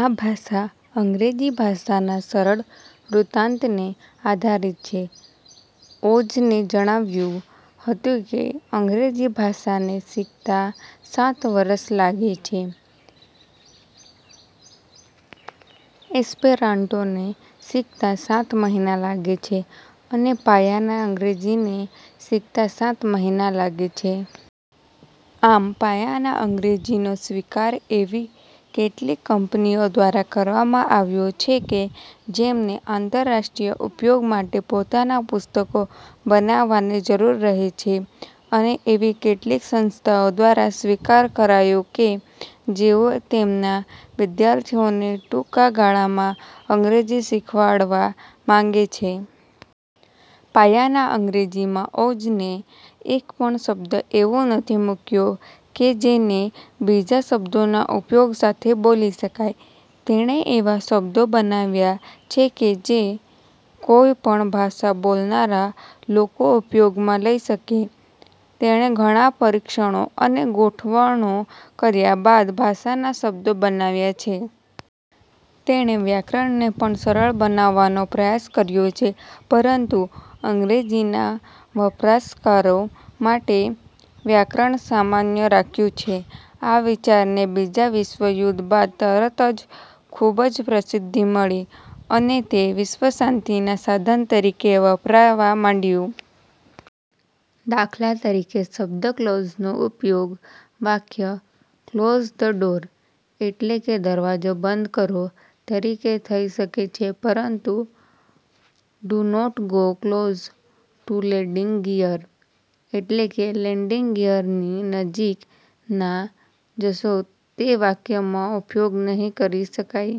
આ ભાષા અંગ્રેજી ભાષાના સરલ વૃત્તાંતને આધારિત છે. ઓજને જણાવ્યું હતું કે અંગ્રેજી ભાષાને શીખતા સાત વર્ષ લાગે છે, એસ્પેરાન્ટોને શીખતા સાત મહિના લાગે છે અને પાયાનાં અંગ્રેજીને શીખતા સાત મહિના લાગે છે. આમ પાયાના અંગ્રેજીનો સ્વીકાર એવી કેટલીક કંપનીઓ દ્વારા કરવામાં આવ્યો છે કે જેમને આંતરરાષ્ટ્રીય ઉપયોગ માટે પોતાનાં પુસ્તકો બનાવવાની જરૂર રહે છે અને એવી કેટલીક સંસ્થાઓ દ્વારા સ્વીકાર કરાયો કે જેઓ તેમના વિદ્યાર્થીઓને ટૂંકાગાળામાં અંગ્રેજી શીખવાડવા માગે છે. પાયાના અંગ્રેજીમાં ઓજને એક પણ શબ્દ એવો નથી મૂક્યો કે જેને બીજા શબ્દોના ઉપયોગ સાથે બોલી શકાય. તેણે એવા શબ્દો બનાવ્યા છે કે જે કોઇ પણ ભાષા બોલનારા લોકો ઉપયોગમાં લઇ શકે. તેણે ઘણાં પરીક્ષણો અને ગોઠવણો કર્યા બાદ ભાષાના શબ્દો બનાવ્યા છે. તેણે વ્યાકરણને પણ સરળ બનાવવાનો પ્રયાસ કર્યો છે પરંતુ અંગ્રેજીના વપરાશકારો માટે વ્યાકરણ સામાન્ય રાખ્યું છે. આ વિચારને બીજાં વિશ્વયુદ્ધ બાદ તરત જ ખૂબ જ પ્રસિદ્ધિ મળી અને તે વિશ્વશાંતિના સાધન તરીકે વપરાવા માંડ્યું. દા. ત. શબ્દ ક્લોઝ નો ઉપયોગ વાક્ય " ક્લોઝ ધ ડોર" એટલે કે દરવાજો બંધ કરો તરીકે થઇ શકે છે પરંતુ "do not go close to landing gear" એટલે કે લેન્ડિંગ ગિયરની નજીક ના જશો તે વાક્યમાં ઉપયોગ નહીં કરી શકાય.